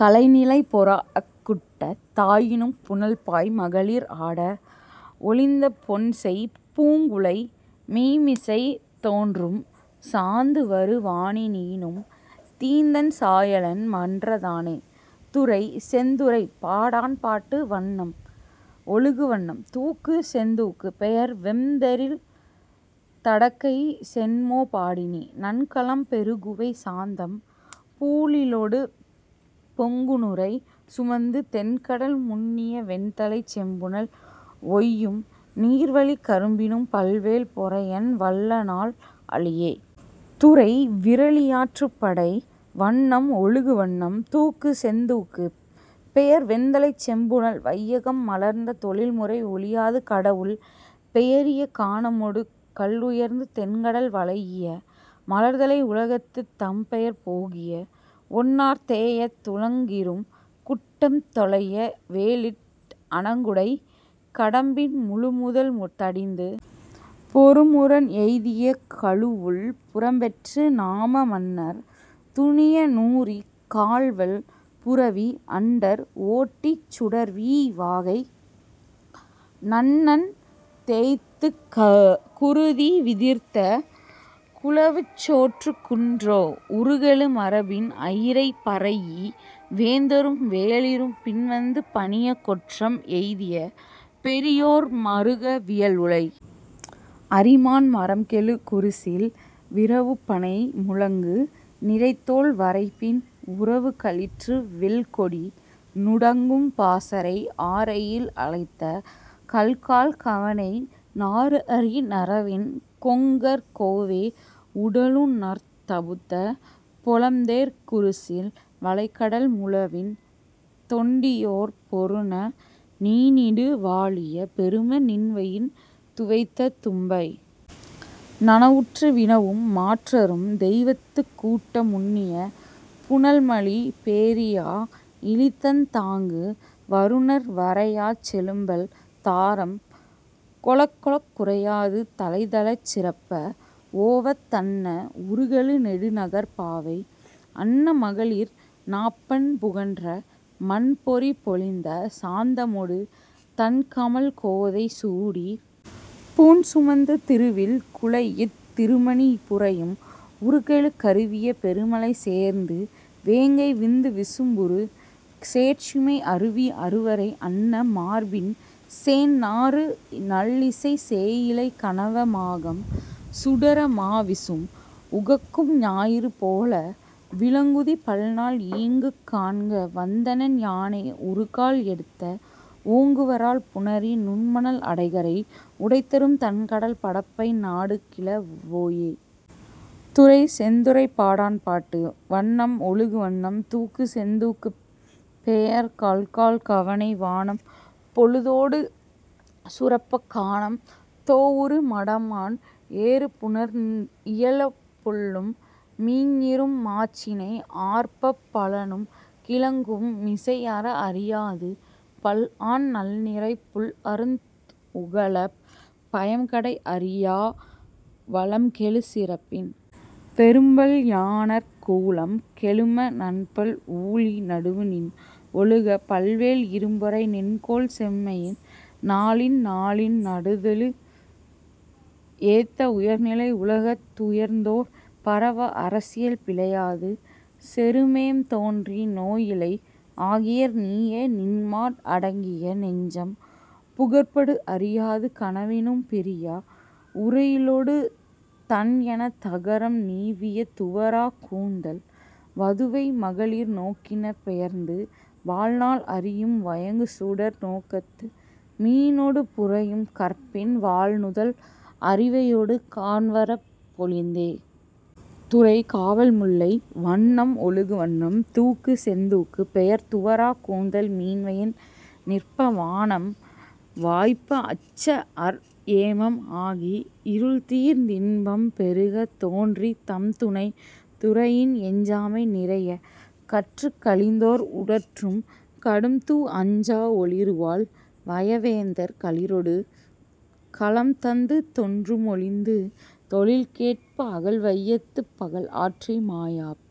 கழைநிலை பொறாஅக் குட்டத் தாயினும் புனல்பாய் மகளிர் ஆட ஒழிந்த பொன்செய் பூங்குழை மீமிசைத் தோன்றும் சாந்துவரு வானி நீனும் தீந்தண் சாயலன் மன்ற தானே. துறை: செந்துறைப் பாடாண்பாட்டு வண்ணம்: ஒழுகுவண்ணம் தூக்கு: செந்தூக்கு பெயர்: வெம்திறல் தடக்கை சென்மோ பாடினி நன்கலம் பெறுகுவை சாந்தம் பூழிலொடு பொங்குநுரை சுமந்து தெண்கடல் முன்னிய வெண்தலைச் செம்புனல் ஒய்யும் நீர்வழிக் கரும்பினும் பல்வேல் பொறையன் வல்லனால் அளியே. துறை: விறலியாற்றுப்படை வண்ணம்: ஒழுகுவண்ணம் தூக்கு: செந்தூக்கு பெயர்: வெண்தலைச் செம்புனல் வையகம் மலர்ந்த தொழில்முறை ஒழியாது கடவுள் பெயரிய கானமொடு கல்உயர்ந்து தெண்கடல் வளைஇய மலர்தலை உலகத்துத் தம்பெயர் போகிய ஒன்னார் தேயத் துளங்இரும் குட்டம் தொலைய வேல்இட் அணங்உடைக் கடம்பின் முழுமுதல் தடிந்து பொருமுரண் எய்திய கழுவுள் புறம்பெற்று நாம மன்னர் துணிய நூறிக் கால்வல் புரவி அண்டர் ஓட்டிச் சுடர்வீ வாகை நன்னன் தேய்த்துக் குருதி விதிர்த்த குலவுச்சோற்றுக் குன்றோ உருகெழு மரபின் அயிரை பரைஇ வேந்தரும் வேளிரும் பின்வந்து பணியக் கொற்றம் எய்திய பெரியோர் மருக வியல்உளை அரிமான் மறம்கெழு குருசில் விரவுப்பணை முழங்கு நிரைதோல் வரைப்பின் உரவுக்களிற்று வெல்கொடி நுடங்கும் பாசறை ஆர்எயில் அலைத்த கல்கால் கவணை நார்அரி நறவின் கொங்கர் கோவே உடலுநர்த் தபுத்த பொலம்தேர்க் குருசில் வளைகடல் முழவின் தொண்டியோர் பொருந நீநிடு வாழிய பெரும நின்வயின் துவைத்த தும்பை நனவுற்று வினவும் மாற்றரும் தெய்வத்துக் கூட்ட முன்னிய புனல்மலி பேரியா இழிதந் தாங்கு வருநர் வரையாச் செழும்பல் தாரம் கொளக்கொளக் குறையாது தலைத்தலைச் சிறப்ப ஓவத் தன்ன உருகெழு நெடுநகர்ப் பாவை அன்ன மகளிர் நாப்பண் புகன்ற மாண்பொறிப் பொலிந்த சாந்தமொடு தண்கமழ் கோதை சூடிப் பூண்சுமந்து திருவில் குலைஇத் திருமணி புரையும் உருகெழு கருவிய பெருமழை சேர்ந்து வேங்கை விந்து விசும்உறு சேட்சிமை அருவி அருவரை அன்ன மார்பின் சேண்நாறு நல்இசைச் சேயிழை கணவ மாகம் சுடர மாவிசும் உகக்கும் ஞாயிறு போல விளங்குதி பல்நாள் ஈங்குக் காண்கு வந்தனென் யானே உறுகால் எடுத்த ஓங்குவரல் புணரி நுண்மணல் அடைகரை உடைதரும் தண்கடல் படப்பை நாடுகிழ வோயே. துறை: செந்துறைப்பாடாண்பாட்டு வண்ணம்: ஒழுகுவண்ணம் தூக்கு: செந்தூக்கு பெயர்: கல்கால் கவணை வானம் பொழுதோடு சுரப்பக் கானம் தோஉறு மடமான் ஏறுபுணர்ந் இயலப் புள்ளும் மிஞிறும் மாச்சினை ஆர்ப்பப் பழனும் கிழங்கும் மிசைஅற அறியாது பல்ஆன் நல்நிரை புல்அருந் உகளப் பயம்கடை அறியா வளம்கெழு சிறப்பின் பெரும்பல் யாணர்க் கூலம் கெழும நன்பல் ஊழி நடுவுநின் ஒழுகப் பல்வேல் இரும்பொறை நின்கோல் செம்மையின் நாளின் நாளின் நடுதெழு ஏத்த உயர்நிலை உலகத் உயர்ந்தோர் பரவ அரசியல் பிழையாது செருமேம் தோன்றி நோய்இலை ஆகியர் நீயே நின்மாட் அடங்கிய நெஞ்சம் புகர்படு அறியாது கனவினும் பிரியா உறையுளொடு தண்எனத் தகரம் நீவிய துவராக் கூந்தல் வதுவை மகளிர் நோக்கினர் பெயர்ந்து வாழ்நாள் அறியும் வயங்குசுடர் நோக்கத்து மீனொடு புரையும் கற்பின் வாள்நுதல் அரிவையொடு காண்வரப் பொலிந்தே. துறை: காவல்முல்லை வண்ணம்: ஒழுகுவண்ணம் தூக்கு: செந்தூக்கு பெயர்: துவராக் கூந்தல் மீன்வயின் நிற்ப வானம் வாய்ப்ப அச்அற் ஏமம் ஆகி இருள்தீர்ந் இன்பம் பெருகத் தோன்றித் தம்துணைத் துறையின் எஞ்சாமை நிறையக் கற்றுக் கழிந்தோர் உடற்றும் கடும்தூ அஞ்சா ஒளிறுவாள் வயவேந்தர் களிறொடு கலம்தந்து தொன்றுமொழிந்து தொழில்கேட்ப அகல்வையத்துப் பகல்ஆற்றி மாயாப்